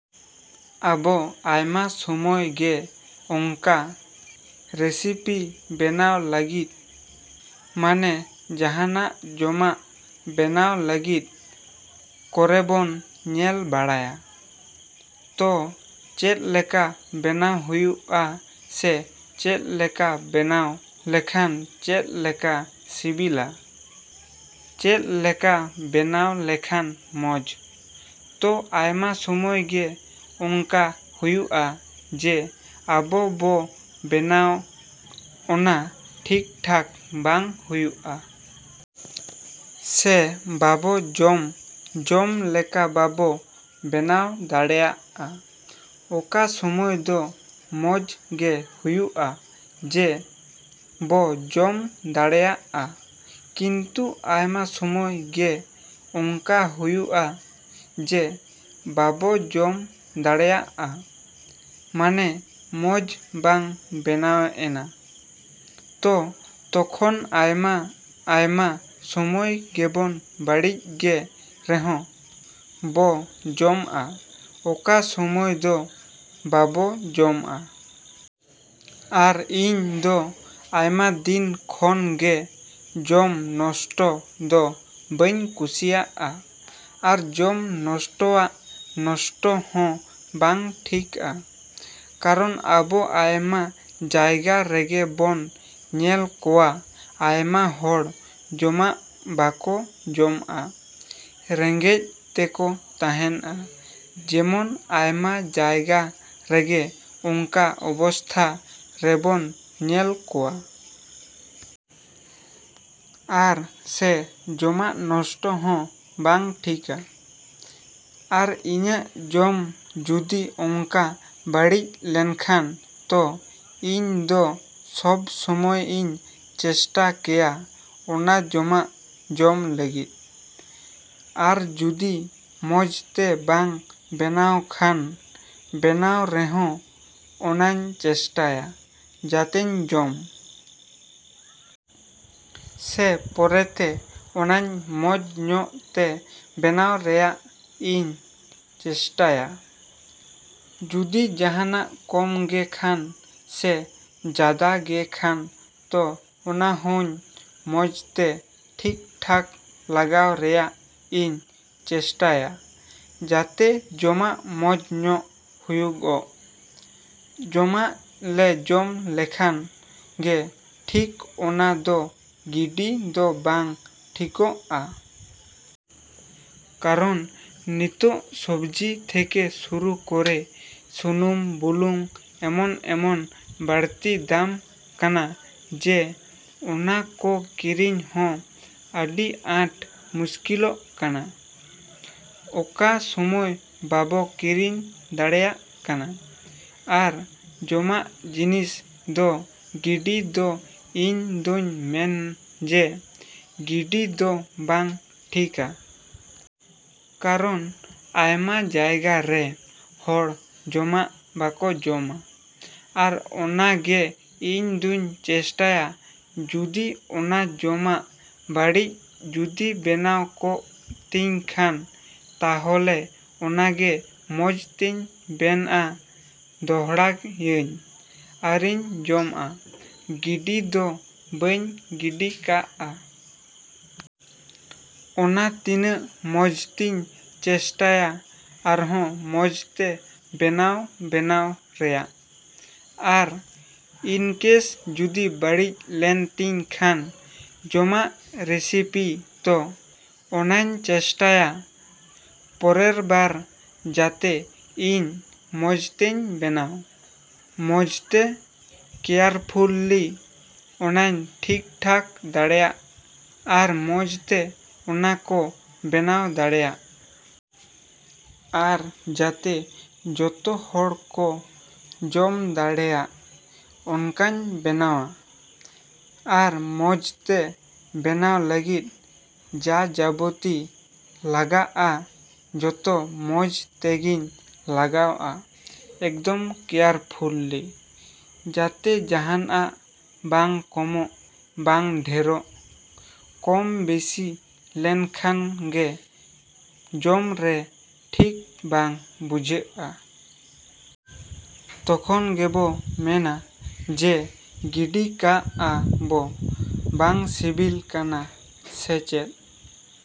ᱟᱵᱚ ᱟᱭᱢᱟ ᱥᱚᱢᱚᱭ ᱜᱮ ᱚᱝᱠᱟ ᱨᱮᱥᱤᱯᱤ ᱵᱮᱱᱟᱣ ᱞᱟᱹᱜᱤᱫ, ᱢᱟᱱᱮ ᱡᱟᱦᱟᱱᱟᱜ ᱡᱚᱢᱟᱜ ᱵᱮᱱᱟᱣ ᱞᱟᱹᱜᱤᱫ ᱠᱚᱨᱮᱵᱚᱱ ᱧᱮᱞ ᱵᱟᱲᱟᱭᱟ᱾ ᱛᱚ, ᱪᱮᱫᱞᱮᱠᱟ ᱵᱮᱱᱟᱣ ᱦᱩᱭᱩᱜᱼᱟ ᱥᱮ ᱪᱮᱫᱞᱮᱠᱟ ᱵᱮᱱᱟᱣ ᱞᱮᱠᱷᱟᱱ ᱪᱮᱫᱞᱮᱠᱟ ᱥᱤᱵᱤᱞᱟ? ᱪᱮᱫᱞᱮᱠᱟ ᱵᱮᱱᱟᱣ ᱞᱮᱠᱷᱟᱱ ᱢᱚᱡᱽ? ᱛᱚ, ᱟᱭᱢᱟ ᱥᱚᱢᱚᱭ ᱜᱮ ᱚᱝᱠᱟ ᱦᱩᱭᱩᱜᱼᱟ ᱡᱮ, ᱟᱵᱚ ᱵᱚ ᱵᱮᱱᱟᱣ ᱚᱱᱟ ᱴᱷᱤᱠᱼᱴᱷᱟᱠ ᱵᱟᱝ ᱦᱩᱭᱩᱜᱼᱟ᱾ ᱥᱮ ᱵᱟᱵᱚ ᱡᱚᱢ, ᱡᱚᱢ ᱞᱮᱠᱟ ᱵᱟᱵᱚ ᱵᱮᱱᱟᱣ ᱫᱟᱲᱮᱭᱟᱜᱼᱟ᱾ ᱚᱠᱟ ᱥᱚᱢᱚᱭ ᱫᱚ ᱢᱚᱡᱽ ᱜᱮ ᱦᱩᱭᱩᱜᱼᱟ ᱡᱮ, ᱵᱚ ᱡᱚᱢ ᱫᱟᱲᱮᱭᱟᱜᱼᱟ᱾ ᱠᱤᱱᱛᱩ ᱟᱭᱢᱟ ᱥᱚᱢᱚᱭ ᱜᱮ ᱚᱝᱠᱟ ᱦᱩᱭᱩᱜᱼᱟ ᱡᱮ, ᱵᱟᱵᱚ ᱡᱚᱢ ᱫᱟᱲᱮᱭᱟᱜᱼᱟ, ᱢᱟᱱᱮ ᱢᱚᱡᱽ ᱵᱟᱝ ᱵᱮᱱᱟᱣᱮᱱᱟ᱾ ᱛᱚ, ᱛᱚᱠᱷᱚᱱ ᱟᱭᱢᱟ ᱟᱭᱢᱟ ᱥᱚᱢᱚᱭ ᱜᱮᱵᱚ ᱵᱟᱹᱲᱤᱡ ᱜᱮ ᱨᱮᱦᱚᱸ ᱵᱚ ᱡᱚᱢᱟ, ᱚᱠᱟ ᱥᱚᱢᱚᱭ ᱫᱚ ᱵᱟᱵᱚ ᱡᱚᱢᱟ᱾ ᱟᱨ ᱤᱧ ᱫᱚ ᱟᱭᱢᱟ ᱫᱤᱱ ᱠᱷᱚᱱ ᱜᱮ ᱡᱚᱢ ᱱᱚᱥᱴᱚ ᱫᱚ ᱵᱟᱹᱧ ᱠᱩᱥᱤᱭᱟᱜᱼᱟ᱾ ᱟᱨ ᱡᱚᱢ ᱱᱚᱥᱴᱚᱣᱟᱜ ᱱᱚᱥᱴᱚ ᱦᱚᱸ ᱵᱟᱝ ᱴᱷᱤᱠᱟ᱾ ᱠᱟᱨᱚᱱ ᱟᱵᱚ ᱟᱭᱢᱟ ᱡᱟᱭᱜᱟ ᱨᱮᱜᱮ ᱵᱚᱱ ᱧᱮᱞ ᱠᱚᱣᱟ ᱟᱭᱢᱟ ᱦᱚᱲ ᱡᱚᱢᱟᱜ ᱵᱟᱠᱚ ᱧᱟᱢᱟ, ᱨᱮᱸᱜᱮᱡ ᱛᱮᱠᱚ ᱛᱟᱦᱮᱱᱟ ᱡᱮᱢᱚᱱ ᱟᱭᱢᱟ ᱡᱟᱭᱜᱟ ᱨᱮᱜᱮ ᱚᱝᱠᱟ ᱚᱵᱚᱥᱛᱷᱟ ᱨᱮᱵᱚᱱ ᱧᱮᱞ ᱠᱚᱣᱟ᱾ ᱟᱨ ᱥᱮ ᱡᱚᱢᱟᱜ ᱱᱚᱥᱴᱚ ᱦᱚᱸ ᱵᱟᱝ ᱴᱷᱤᱠᱟ᱾ ᱟᱨ ᱤᱧᱟᱹᱜ ᱡᱚᱢ ᱡᱩᱫᱤ ᱚᱝᱠᱟ ᱵᱟᱹᱲᱤᱡ ᱞᱮᱱᱠᱷᱟᱱ ᱛᱚ, ᱤᱧ ᱫᱚ ᱥᱚᱵᱽ ᱥᱚᱢᱚᱭᱤᱧ ᱪᱮᱥᱴᱟ ᱠᱮᱭᱟ ᱚᱱᱟ ᱡᱚᱢᱟᱜ ᱡᱚᱢ ᱞᱟᱹᱜᱤᱫ᱾ ᱟᱨ ᱡᱩᱫᱤ ᱢᱚᱡᱽᱛᱮ ᱵᱟᱝ ᱵᱮᱱᱟᱣ ᱠᱷᱟᱱ, ᱵᱮᱱᱟᱣ ᱨᱮᱦᱚᱸ, ᱚᱱᱟᱧ ᱪᱮᱥᱴᱟᱭᱟ ᱡᱟᱛᱮᱧ ᱡᱚᱢ᱾ ᱥᱮ ᱯᱚᱨᱮᱛᱮ ᱚᱱᱟᱧ ᱢᱚᱡᱽ ᱧᱚᱜ ᱛᱮ ᱵᱮᱱᱟᱣ ᱨᱮᱭᱟᱜ ᱤᱧ ᱪᱮᱥᱴᱟᱭᱟ᱾ ᱡᱩᱫᱤ ᱡᱟᱦᱟᱱᱟᱜ ᱠᱚᱢ ᱜᱮ ᱠᱷᱟᱱ ᱥᱮ ᱡᱟᱫᱟ ᱜᱮ ᱠᱷᱟᱱ ᱛᱚ ᱚᱱᱟᱦᱚᱧ ᱢᱚᱡᱽᱛᱮ ᱴᱷᱤᱠᱼᱴᱷᱟᱠ ᱞᱟᱜᱟᱣ ᱨᱮᱭᱟᱜ ᱤᱧ ᱪᱮᱥᱴᱟᱭᱟ ᱡᱟᱛᱮ ᱡᱚᱢᱟᱜ ᱢᱚᱡᱽ ᱧᱚᱜ ᱦᱩᱭᱩᱜᱚᱜ᱾ ᱡᱚᱢᱟᱜ ᱞᱮ ᱡᱚᱢ ᱞᱮᱠᱷᱟᱱ ᱜᱮ ᱴᱷᱤᱠ ᱚᱱᱟ ᱫᱚ ᱜᱤᱰᱤ ᱫᱚ ᱵᱟᱝ ᱴᱷᱤᱠᱚᱜᱼᱟ᱾ ᱠᱟᱨᱚᱱ ᱱᱤᱛᱚᱜ ᱥᱚᱵᱽᱡᱤ ᱛᱷᱮᱠᱮ ᱥᱩᱨᱩ ᱠᱚᱨᱮ ᱥᱩᱱᱩᱢ ᱵᱩᱞᱩᱝ ᱮᱢᱚᱱ, ᱮᱢᱚᱱ ᱵᱟᱲᱛᱤ ᱫᱟᱢ ᱠᱟᱱᱟ ᱡᱮ ᱚᱱᱟ ᱠᱚ ᱠᱤᱨᱤᱧ ᱦᱚᱸ ᱟᱹᱰᱤ ᱟᱴ ᱢᱩᱥᱠᱤᱞᱚᱜ ᱠᱟᱱᱟ ᱚᱠᱟ ᱥᱚᱢᱚᱭ ᱵᱟᱵᱚ ᱠᱤᱨᱤᱧ ᱫᱟᱲᱮᱭᱟᱜ ᱠᱟᱱᱟ᱾ ᱟᱨ ᱡᱚᱢᱟᱜ ᱡᱤᱱᱤᱥ ᱫᱚ ᱜᱤᱰᱤ ᱫᱚ ᱤᱧ ᱫᱚᱧ ᱢᱮᱱ ᱡᱮ, ᱜᱤᱰᱤ ᱫᱚ ᱵᱟᱝ ᱴᱷᱤᱠᱟ᱾ ᱠᱟᱨᱚᱱ ᱟᱭᱢᱟ ᱡᱟᱭᱜᱟ ᱨᱮ ᱦᱚᱲ ᱡᱚᱢᱟᱜ ᱵᱟᱠᱚ ᱧᱟᱢᱟ᱾ ᱟᱨ ᱚᱱᱟᱜᱮ ᱤᱧ ᱫᱩᱧ ᱪᱮᱥᱴᱟᱭᱟ ᱡᱩᱫᱤ ᱚᱱᱟ ᱡᱚᱢᱟᱜ ᱵᱟᱹᱲᱤᱡ ᱡᱩᱫᱤ ᱵᱮᱱᱟᱣ ᱠᱚᱜ ᱛᱤᱧ ᱠᱷᱟᱱ ᱛᱟᱦᱚᱞᱮ ᱚᱱᱟᱜᱮ ᱢᱚᱡᱽ ᱛᱮᱧ ᱵᱮᱱᱟ ᱫᱚᱦᱲᱟᱭᱟᱹᱧ ᱟᱨᱤᱧ ᱡᱚᱢᱟ᱾ ᱜᱤᱰᱤ ᱫᱚ ᱵᱟᱹᱧ ᱜᱤᱰᱤ ᱠᱟᱜᱼᱟ᱾ ᱚᱱᱟ ᱛᱤᱱᱟᱹᱜ ᱢᱚᱡᱽᱛᱤᱧ ᱪᱮᱥᱴᱟᱭᱟ ᱟᱨᱦᱚᱸ ᱢᱚᱡᱽᱛᱮ ᱵᱮᱱᱟᱣ ᱵᱮᱱᱟᱣ ᱨᱮᱭᱟᱜ᱾ ᱟᱨ ᱤᱱᱠᱮᱥ ᱡᱩᱫᱤ ᱵᱟᱹᱲᱤᱡ ᱞᱮᱱ ᱛᱤᱧ ᱠᱷᱟᱱ ᱡᱚᱢᱟᱜ ᱨᱮᱥᱤᱯᱤ ᱛᱚ, ᱚᱱᱟᱧ ᱪᱮᱥᱴᱟᱭᱟ ᱯᱚᱨᱮᱨ ᱵᱟᱨ ᱡᱟᱛᱮ ᱤᱧ ᱢᱚᱡᱽᱛᱮᱧ ᱵᱮᱱᱟᱣ, ᱢᱚᱡᱽᱛᱮ ᱠᱮᱭᱟᱨᱯᱷᱩᱞᱞᱤ ᱚᱱᱟᱧ ᱴᱷᱤᱠᱼᱴᱷᱟᱠ ᱫᱟᱲᱮᱭᱟᱜ᱾ ᱟᱨ ᱢᱚᱡᱽᱛᱮ ᱚᱱᱟᱠᱚ ᱵᱮᱱᱟᱣ ᱫᱟᱲᱮᱭᱟᱜ᱾ ᱟᱨ ᱡᱟᱛᱮ ᱡᱚᱛᱚ ᱦᱚᱲ ᱠᱚ ᱡᱚᱢ ᱫᱟᱲᱮᱭᱟᱜ ᱚᱱᱠᱟᱧ ᱵᱮᱱᱟᱣᱟ᱾ ᱟᱨ ᱢᱚᱡᱽᱛᱮ ᱵᱮᱱᱟᱣ ᱞᱟᱹᱜᱤᱫ ᱡᱟᱼᱡᱟᱵᱚᱛᱤ ᱞᱟᱜᱟᱜᱼᱟ, ᱡᱚᱛᱚ ᱢᱚᱡᱽ ᱛᱮᱜᱮᱧ ᱞᱟᱜᱟᱣᱟ ᱮᱠᱫᱚᱢ ᱠᱮᱭᱟᱨᱯᱷᱩᱞᱞᱤ᱾ ᱡᱟᱛᱮ ᱡᱟᱦᱟᱱᱟᱜ ᱵᱟᱝ ᱠᱚᱢᱚᱜ, ᱵᱟᱝ ᱰᱷᱮᱨᱚᱜ᱾ ᱠᱚᱢ, ᱵᱤᱥᱤ ᱞᱮᱱᱠᱷᱟᱱ ᱜᱮ ᱡᱚᱢ ᱨᱮ ᱴᱷᱤᱠ ᱵᱟᱝ ᱵᱩᱡᱷᱟᱹᱜᱼᱟ᱾ ᱛᱚᱠᱷᱚᱱ ᱜᱮᱵᱚ ᱢᱮᱱᱟ ᱡᱮ, ᱜᱤᱰᱤ ᱠᱟᱜᱼᱟ ᱵᱚ ᱵᱟᱝ ᱥᱤᱵᱤᱞ ᱠᱟᱱᱟ ᱥᱮ ᱪᱮᱫ᱾